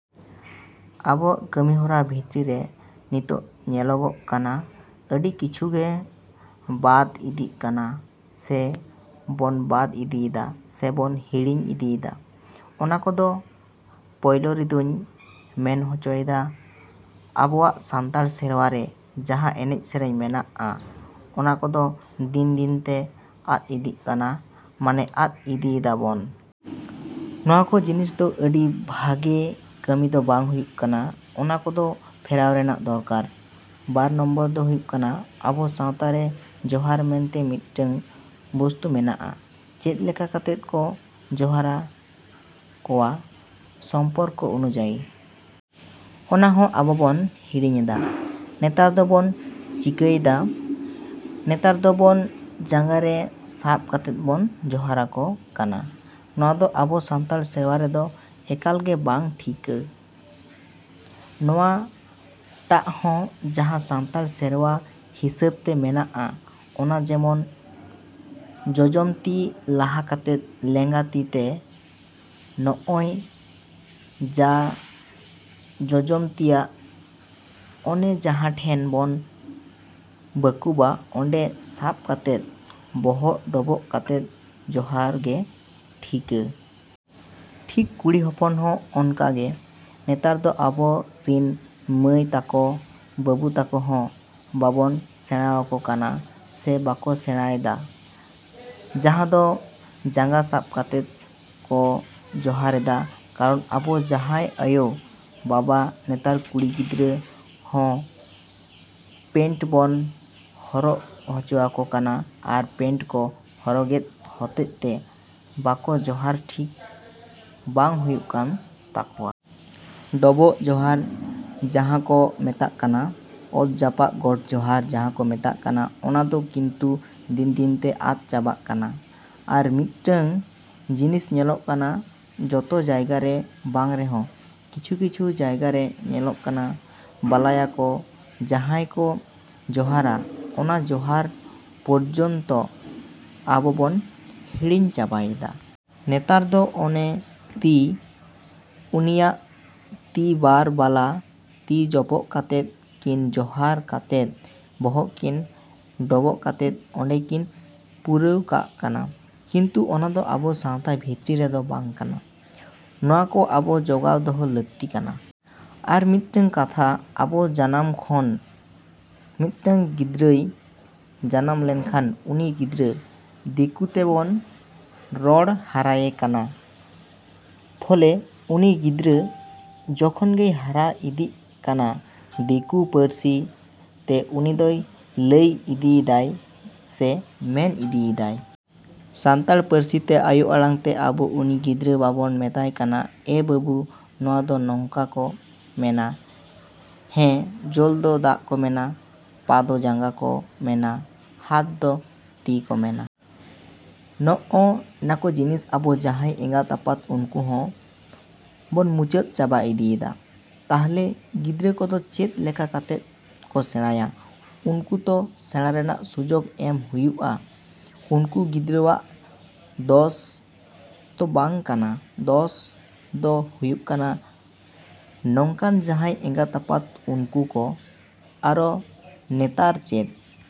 ᱟᱵᱚᱣᱟᱜ ᱠᱟᱹᱢᱤᱦᱚᱨᱟ ᱵᱷᱤᱛᱨᱤ ᱨᱮ ᱱᱤᱛᱚᱜ ᱧᱮᱞᱚᱜᱚᱜ ᱠᱟᱱᱟ ᱟᱹᱰᱤ ᱠᱤᱪᱷᱩ ᱜᱮ ᱵᱟᱫᱽ ᱤᱫᱤᱜ ᱠᱟᱱᱟ, ᱥᱮ ᱵᱚᱱ ᱵᱟᱫᱽ ᱤᱫᱤᱭᱮᱫᱟ ᱥᱮ ᱵᱚᱱ ᱦᱤᱲᱤᱧ ᱤᱫᱤᱭᱮᱫᱟ᱾ ᱚᱱᱟ ᱠᱚᱫᱚ ᱯᱚᱭᱞᱚ ᱨᱮᱫᱩᱧ ᱢᱮᱱ ᱦᱚᱪᱚᱭᱮᱫᱟ ᱟᱵᱚᱣᱟᱜ ᱥᱟᱱᱛᱟᱲ ᱥᱮᱨᱣᱟ ᱨᱮ ᱡᱟᱦᱟᱸ ᱮᱱᱮᱡ ᱥᱮᱨᱮᱧ ᱢᱮᱱᱟᱜᱼᱟ ᱚᱱᱟ ᱠᱚᱫᱚ ᱫᱤᱱ ᱫᱤᱱ ᱛᱮ ᱟᱫᱽ ᱤᱫᱤᱜ ᱠᱟᱱᱟ, ᱢᱟᱱᱮ ᱟᱫᱽ ᱤᱫᱤᱭᱮᱫᱟ ᱵᱚᱱ᱾ ᱱᱚᱣᱟ ᱠᱚ ᱡᱤᱱᱤᱥ ᱫᱚ ᱟᱹᱰᱤ ᱵᱷᱟᱜᱮ ᱠᱟᱹᱢᱤ ᱫᱚ ᱵᱟᱝ ᱦᱩᱭᱩᱜ ᱠᱟᱱᱟ, ᱚᱱᱟ ᱠᱚᱫᱚ ᱯᱷᱮᱨᱟᱣ ᱨᱮᱱᱟᱜ ᱫᱚᱨᱠᱟᱨ᱾ ᱵᱟᱨ ᱱᱚᱢᱵᱚᱨ ᱫᱚ ᱦᱩᱭᱩᱜ ᱠᱟᱱᱟ ᱟᱵᱚ ᱥᱟᱶᱛᱟ ᱨᱮ ᱡᱚᱦᱟᱨ ᱢᱮᱱᱛᱮ ᱢᱤᱫᱴᱟᱹᱝ ᱵᱚᱥᱛᱩ ᱢᱮᱱᱟᱜᱼᱟ ᱪᱮᱫ ᱞᱮᱠᱟ ᱠᱟᱛᱮᱫ ᱠᱚ ᱡᱚᱦᱟᱨᱟ ᱠᱚᱣᱟ ᱥᱚᱢᱯᱚᱨᱠᱚ ᱚᱱᱩᱡᱟᱭᱤ᱾ ᱚᱱᱟ ᱦᱚᱸ ᱟᱵᱚ ᱵᱚᱱ ᱦᱤᱲᱤᱧᱮᱫᱟ᱾ ᱱᱮᱛᱟᱨ ᱫᱚ ᱵᱚᱱ ᱪᱤᱠᱟᱹᱭᱮᱫᱟ? ᱱᱮᱛᱟᱨ ᱫᱚ ᱵᱚᱱ ᱡᱟᱸᱜᱟ ᱨᱮ ᱥᱟᱵᱽ ᱠᱟᱛᱮᱫ ᱵᱚᱱ ᱡᱚᱦᱟᱨᱟ ᱠᱚ ᱠᱟᱱᱟ᱾ ᱱᱚᱣᱟ ᱫᱚ ᱟᱵᱚ ᱥᱟᱱᱛᱟᱲ ᱥᱮᱨᱣᱟ ᱨᱮᱫᱚ ᱮᱠᱟᱞ ᱜᱮ ᱵᱟᱝ ᱴᱷᱤᱠᱟᱹ᱾ ᱱᱚᱣᱟ ᱴᱟᱜ ᱦᱚᱸ ᱡᱟᱦᱟᱸ ᱥᱟᱱᱛᱟᱲ ᱥᱮᱨᱣᱟ ᱦᱤᱥᱟᱹᱵᱽ ᱛᱮ ᱢᱮᱱᱟᱜᱼᱟ ᱚᱱᱟ ᱡᱮᱢᱚᱱ ᱡᱚᱡᱚᱢ ᱛᱤ ᱞᱟᱦᱟ ᱠᱟᱛᱮᱫ ᱞᱮᱸᱜᱟ ᱛᱤᱛᱮ ᱱᱚᱜᱼᱚᱭ ᱡᱟ ᱡᱚᱡᱚᱢ ᱛᱤᱭᱟᱜ ᱚᱱᱮ ᱡᱟᱦᱟᱸ ᱴᱷᱮᱱ ᱵᱚᱱ ᱵᱟᱹᱠᱩᱵᱟ ᱚᱸᱰᱮ ᱥᱟᱵᱽ ᱠᱟᱛᱮᱫ ᱵᱚᱦᱚᱜ ᱰᱚᱵᱚᱜ ᱠᱟᱛᱮᱫ ᱡᱚᱦᱟᱨ ᱜᱮ ᱴᱷᱤᱠᱟᱹ᱾ ᱴᱷᱤᱠ ᱠᱩᱲᱤ ᱦᱚᱯᱚᱱ ᱦᱚᱸ ᱚᱱᱠᱟ ᱜᱮ᱾ ᱱᱮᱛᱟᱨ ᱫᱚ ᱟᱵᱚ ᱨᱤᱱ ᱢᱟᱹᱭ ᱛᱟᱠᱚ, ᱵᱟᱹᱵᱩ ᱛᱟᱠᱚ ᱦᱚᱸ ᱵᱟᱵᱚᱱ ᱥᱮᱬᱟᱣᱟᱠᱚ ᱠᱟᱱᱟ ᱥᱮ ᱵᱟᱠᱚ ᱥᱮᱬᱟᱭᱮᱫᱟ ᱡᱟᱦᱟᱸ ᱫᱚ ᱡᱟᱸᱜᱟ ᱥᱟᱵᱽ ᱠᱟᱛᱮᱫ ᱠᱚ ᱡᱚᱦᱟᱨᱮᱫᱟ᱾ ᱠᱟᱨᱚᱱ ᱟᱵᱚ ᱡᱟᱦᱟᱸᱭ ᱟᱭᱳᱼᱵᱟᱵᱟ ᱱᱮᱛᱟᱨ ᱠᱩᱲᱤ ᱜᱤᱫᱽᱨᱟᱹ ᱦᱚᱸ ᱯᱮᱱᱴ ᱵᱚᱱ ᱦᱚᱨᱚᱜ ᱦᱚᱪᱚᱣᱟᱠᱚ ᱠᱟᱱᱟ ᱟᱨ ᱯᱮᱱᱴ ᱠᱚ ᱦᱚᱨᱚᱜᱮᱫ ᱦᱚᱛᱮᱫ ᱛᱮ ᱵᱟᱠᱚ ᱡᱚᱦᱟᱨ ᱴᱷᱤᱠ ᱵᱟᱝ ᱦᱩᱭᱩᱜ ᱠᱟᱱ ᱛᱟᱠᱚᱣᱟ᱾ ᱰᱚᱵᱚᱜ ᱡᱚᱦᱟᱨ ᱡᱟᱦᱟᱸ ᱠᱚ ᱢᱮᱛᱟᱜ ᱠᱟᱱᱟ, ᱚᱛ ᱡᱟᱯᱟᱜ ᱜᱚᱰ ᱡᱚᱦᱟᱨ ᱡᱟᱦᱟᱸ ᱠᱚ ᱢᱮᱛᱟᱜ ᱠᱟᱱᱟ ᱚᱱᱟ ᱫᱚ ᱠᱤᱱᱛᱩ ᱫᱤᱱ ᱫᱤᱱ ᱛᱮ ᱟᱫᱽ ᱪᱟᱵᱟᱜ ᱠᱟᱱᱟ᱾ ᱟᱨ ᱢᱤᱫᱴᱟᱹᱝ ᱡᱤᱱᱤᱥ ᱧᱮᱞᱚᱜ ᱠᱟᱱᱟ ᱡᱚᱛᱚ ᱡᱟᱭᱜᱟ ᱨᱮ ᱵᱟᱝ ᱨᱮᱦᱚᱸ ᱠᱤᱪᱷᱩ ᱠᱤᱪᱷᱩ ᱡᱟᱭᱜᱟ ᱨᱮ ᱧᱮᱞᱚᱜ ᱠᱟᱱᱟ ᱵᱟᱞᱟᱭᱟ ᱠᱚ ᱡᱟᱦᱟᱸᱭ ᱠᱚ ᱡᱚᱦᱟᱨᱟ ᱚᱱᱟ ᱡᱚᱦᱟᱨ ᱯᱚᱨᱡᱚᱱᱛᱚ ᱟᱵᱚ ᱵᱚᱱ ᱦᱤᱲᱤᱧ ᱪᱟᱵᱟᱭᱮᱫᱟ᱾ ᱱᱮᱛᱟᱨ ᱫᱚ ᱚᱱᱮ ᱛᱤ ᱩᱱᱤᱭᱟᱜ ᱛᱤ ᱵᱟᱨ ᱵᱟᱞᱟ ᱛᱤ ᱡᱚᱯᱚᱜ ᱠᱟᱛᱮᱫ ᱠᱤᱱ ᱡᱚᱦᱟᱨ ᱠᱟᱛᱮᱫ ᱵᱚᱦᱚᱜ ᱠᱤᱱ ᱰᱚᱵᱚᱜ ᱠᱟᱛᱮᱫ ᱚᱸᱰᱮ ᱠᱤᱱ ᱯᱩᱨᱟᱹᱣ ᱠᱟᱜ ᱠᱟᱱᱟ᱾ ᱠᱤᱱᱛᱩ ᱚᱱᱟ ᱫᱚ ᱟᱵᱚ ᱥᱟᱶᱛᱟ ᱵᱷᱤᱛᱨᱤ ᱨᱮᱫᱚ ᱵᱟᱝ ᱠᱟᱱᱟ᱾ ᱱᱚᱣᱟ ᱠᱚ ᱟᱵᱚ ᱡᱚᱜᱟᱣ ᱫᱚᱦᱚ ᱞᱟᱹᱠᱛᱤ ᱠᱟᱱᱟ᱾ ᱟᱨ ᱢᱤᱫᱴᱟᱹᱝ ᱠᱟᱛᱷᱟ ᱟᱵᱚ ᱡᱟᱱᱟᱢ ᱠᱷᱚᱱ ᱢᱤᱫᱴᱟᱹᱝ ᱜᱤᱫᱽᱨᱟᱹᱭ ᱡᱟᱱᱟᱢ ᱞᱮᱱᱠᱷᱟᱱ ᱩᱱᱤ ᱜᱤᱫᱽᱨᱟᱹ ᱫᱤᱠᱩ ᱛᱮ ᱵᱚᱱ ᱨᱚᱲ ᱦᱟᱨᱟᱭᱮ ᱠᱟᱱᱟ᱾ ᱯᱷᱚᱞᱮ ᱩᱱᱤ ᱜᱤᱫᱽᱨᱟᱹ ᱡᱚᱠᱷᱚᱱ ᱜᱮᱭ ᱦᱟᱨᱟ ᱤᱫᱤᱜ ᱠᱟᱱᱟ ᱫᱤᱠᱩ ᱯᱟᱹᱨᱥᱤ ᱛᱮ ᱩᱱᱤ ᱫᱚᱭ ᱞᱟᱹᱭ ᱤᱫᱤᱭᱮᱫᱟᱭ ᱥᱮ ᱢᱮᱱ ᱤᱫᱤᱭᱮᱫᱟᱭ᱾ ᱥᱟᱱᱛᱟᱲ ᱯᱟᱹᱨᱥᱤ ᱛᱮ ᱟᱭᱳ ᱟᱲᱟᱝ ᱛᱮ ᱟᱵᱚ ᱩᱱᱤ ᱜᱤᱫᱽᱨᱟᱹ ᱵᱟᱵᱚᱱ ᱢᱮᱛᱟᱭ ᱠᱟᱱᱟ ᱮ ᱵᱟᱹᱵᱩ ᱱᱚᱣᱟ ᱫᱚ ᱱᱚᱝᱠᱟ ᱠᱚ ᱢᱮᱱᱟ᱾ ᱦᱮᱸ ᱡᱚᱞ ᱫᱚ ᱫᱟᱜ ᱠᱚ ᱢᱮᱱᱟ, ᱯᱟ ᱫᱚ ᱡᱟᱸᱜᱟ ᱠᱚ ᱢᱮᱱᱟ, ᱦᱟᱛ ᱫᱚ ᱛᱤ ᱠᱚ ᱢᱮᱱᱟ᱾ ᱱᱚᱜᱼᱚ ᱱᱟᱠᱚ ᱡᱤᱱᱤᱥ ᱟᱵᱚ ᱡᱟᱦᱟᱸᱭ ᱮᱸᱜᱟᱛᱼᱟᱯᱟᱛ ᱩᱱᱠᱩ ᱦᱚᱸ ᱵᱚᱱ ᱢᱩᱪᱟᱹᱫ ᱪᱟᱵᱟ ᱤᱫᱤᱭᱮᱫᱟ᱾ ᱛᱟᱦᱞᱮ ᱜᱤᱫᱽᱨᱟᱹ ᱠᱚᱫᱚ ᱪᱮᱫ ᱞᱮᱠᱟ ᱠᱟᱛᱮᱫ ᱠᱚ ᱥᱮᱬᱟᱭᱟ? ᱩᱱᱠᱩ ᱛᱚ ᱥᱮᱬᱟ ᱨᱮᱱᱟᱜ ᱥᱩᱡᱚᱜᱽ ᱮᱢ ᱦᱩᱭᱩᱜᱼᱟ᱾ ᱩᱱᱠᱩ ᱜᱤᱫᱽᱨᱟᱹᱣᱟᱜ ᱫᱚᱥ ᱛᱚ ᱵᱟᱝ ᱠᱟᱱᱟ, ᱫᱚᱥ ᱫᱚ ᱦᱩᱭᱩᱜ ᱠᱟᱱᱟ ᱱᱚᱝᱠᱟᱱ ᱡᱟᱦᱟᱸᱭ ᱮᱸᱜᱟᱛᱼᱟᱯᱟᱛ ᱩᱱᱠᱩ ᱠᱚ᱾ ᱟᱨᱚ ᱱᱮᱛᱟᱨ ᱪᱮᱫ᱾